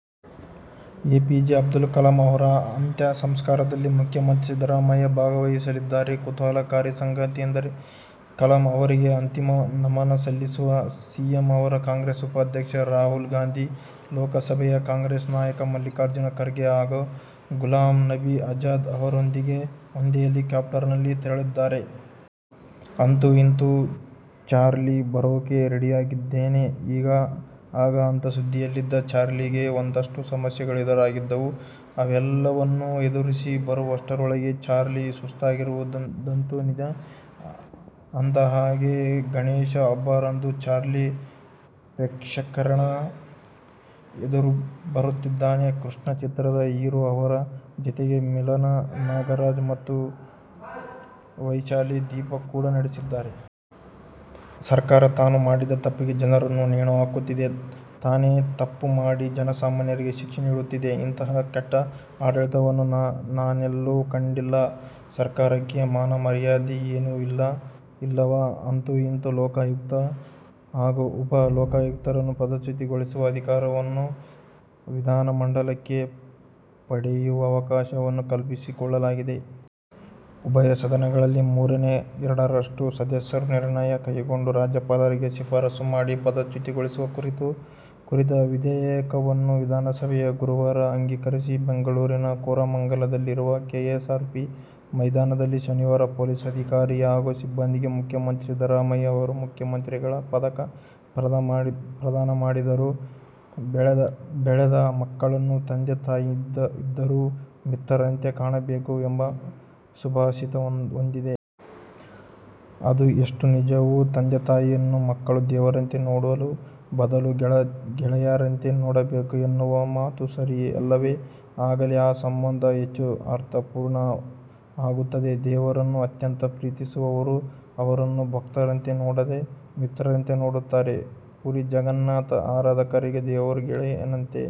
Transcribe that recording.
A. P. J Abdul Kalam ಅವರ ಅಂತ್ಯಸಂಸ್ಕಾರದಲ್ಲಿ ಮುಖ್ಯಮಂತ್ರಿ ಸಿದ್ದರಾಮಯ್ಯ ಭಾಗವಹಿಸಲಿದ್ದಾರೆ. ಕುತೂಹಲಕಾರಿ ಸಂಗತಿಯೆಂದರೆ, ಕಲಾಂ ಅವರಿಗೆ ಅಂತಿಮ ನಮನ ಸಲ್ಲಿಸಲು ಸಿಎಂ ಅವರು ಕಾಂಗ್ರೆಸ್ ಉಪಾಧ್ಯಕ್ಷ ರಾಹುಲ್ ಗಾಂಧಿ, ಲೋಕಸಭೆಯ ಕಾಂಗ್ರೆಸ್ ನಾಯಕ ಮಲ್ಲಿಕಾರ್ಜುನ ಖರ್ಗೆ ಹಾಗೂ ಗುಲಾಂ ನಬಿ ಆಜಾದ್ ಅವರೊಂದಿಗೆ ಒಂದೇ ಹೆಲಿಕಾಪ್ಟರ್ನಲ್ಲಿ ತೆರಳಲಿದ್ದಾರೆ. ಅಂತೂ ಇಂತೂ "ಚಾರ್ಲಿ' ಬರೋಕೆ ರೆಡಿಯಾಗಿದ್ದಾನೆ. ಈಗ, ಆಗ ಅಂತ ಸುದ್ದಿಯಲ್ಲಿದ್ದ "ಚಾರ್ಲಿ'ಗೆ ಒಂದಷ್ಟು ಸಮಸ್ಯೆಗಳು ಎದುರಾಗಿದ್ದವು. ಅವೆಲ್ಲವನ್ನು ಎದುರಿಸಿ ಬರುವಷ್ಟರೊಳಗೆ "ಚಾರ್ಲಿ' ಸುಸ್ತಾಗಿರೋದಂತೂ ನಿಜ. ಅಂದಹಾಗೆ, ಗಣೇಶ ಹಬ್ಬದಂದು "ಚಾರ್ಲಿ' ಪ್ರೇಕ್ಷಕರ ಎದುರು ಬರುತ್ತಿದ್ದಾನೆ. ಕೃಷ್ಣ ಚಿತ್ರದ ಹೀರೋ. ಅವರ ಜತೆಗೆ ಮಿಲನ ನಾಗರಾಜ್ ಮತ್ತು ವೈಶಾಲಿ ದೀಪಕ್ ಕೂಡ ನಟಿಸಿದ್ದಾರೆ. "ಸರ್ಕಾರ ತಾನು ಮಾಡಿದ ತಪ್ಪಿಗೆ ಜನರನ್ನು ನೇಣು ಹಾಕುತ್ತಿದೆ. ತಾನೇ ತಪ್ಪು ಮಾಡಿ ಜನಸಾಮಾನ್ಯರಿಗೆ ಶಿಕ್ಷೆ ನೀಡುತ್ತಿದೆ. ಇಂತಹಾ ಕೆಟ್ಟ ಆಡಳಿತವನ್ನು ನಾನೆಲ್ಲೂ ಕಂಡಿಲ್ಲ, ಸರ್ಕಾರಕ್ಕೆ ಮಾನ ಮರ್ಯಾದೆ ಏನು ಇಲ್ಲವಾ' ಅಂತೂ ಇಂತೂ ಲೋಕಾಯುಕ್ತ ಹಾಗೂ ಉಪ ಲೋಕಾಯುಕ್ತರನ್ನು ಪದಚ್ಯುತಗೊಳಿಸುವ ಅಧಿಕಾರವನ್ನು ವಿಧಾನಮಂಡಲಕ್ಕೆ ಪಡೆಯುವ ಅವಕಾಶವನ್ನು ಕಲ್ಪಿಸಿಕೊಳ್ಳಲಾಗಿದೆ. ಉಭಯ ಸದನಗಳಲ್ಲಿ ಮೂರನೇ ಎರಡರಷ್ಟು ಸದಸ್ಯರು ನಿರ್ಣಯ ಕೈಗೊಂಡು ರಾಜ್ಯಪಾಲರಿಗೆ ಶಿಫಾರಸು ಮಾಡಿ, ಪದಚ್ಯುತಗೊಳಿಸುವ ಕುರಿತ ವಿಧೇಯಕವನ್ನು ವಿಧಾನಸಭೆ ಗುರುವಾರ ಅಂಗೀಕರಿಸಿದೆ. ಬೆಂಗಳೂರಿನ ಕೋರಮಂಗಲದಲ್ಲಿರುವ ಕೆಎಸ್ಆರ್ಪಿ ಮೈದಾನದಲ್ಲಿ ಶನಿವಾರ ಪೊಲೀಸ್ ಅಧಿಕಾರಿ ಹಾಗೂ ಸಿಬ್ಬಂದಿಗೆ ಮುಖ್ಯಮಂತ್ರಿ ಸಿದ್ದರಾಮಯ್ಯ ಅವರು "ಮುಖ್ಯಮಂತ್ರಿಗಳ ಪದಕ' ಪ್ರದಾನ ಮಾಡಿದರು. ಬೆಳೆದ ಮಕ್ಕಳನ್ನು ತಂದೆ- ತಾಯಂದಿರು ಮಿತ್ರರಂತೆ ಕಾಣಬೇಕು ಎಂಬ ಸುಭಾಷಿತವೊಂದಿದೆ. ಅದು ಎಷ್ಟು ನಿಜವೋ, ತಂದೆ- ತಾಯಿಯನ್ನು ಮಕ್ಕಳು ದೇವರಂತೆ ನೋಡುವ ಬದಲು ಗೆಳೆಯರಂತೆ ನೋಡಬೇಕು ಎನ್ನುವ ಮಾತೂ ಸರಿಯಲ್ಲವೇ? ಆಗಲೇ ಆ ಸಂಬಂಧ ಹೆಚ್ಚು ಅರ್ಥಪೂರ್ಣ ಆಗುತ್ತದೆ. ದೇವರನ್ನು ಅತ್ಯಂತ ಪ್ರೀತಿಸುವವರು ಅವರನ್ನು ಭಕ್ತರಂತೆ ನೋಡದೆ, ಮಿತ್ರರಂತೆ ನೋಡುತ್ತಾರೆ. ಪುರಿ ಜಗನ್ನಾಥನ ಆರಾಧಕರಿಗೆ ದೇವರು ಗೆಳೆಯನಂತೆ.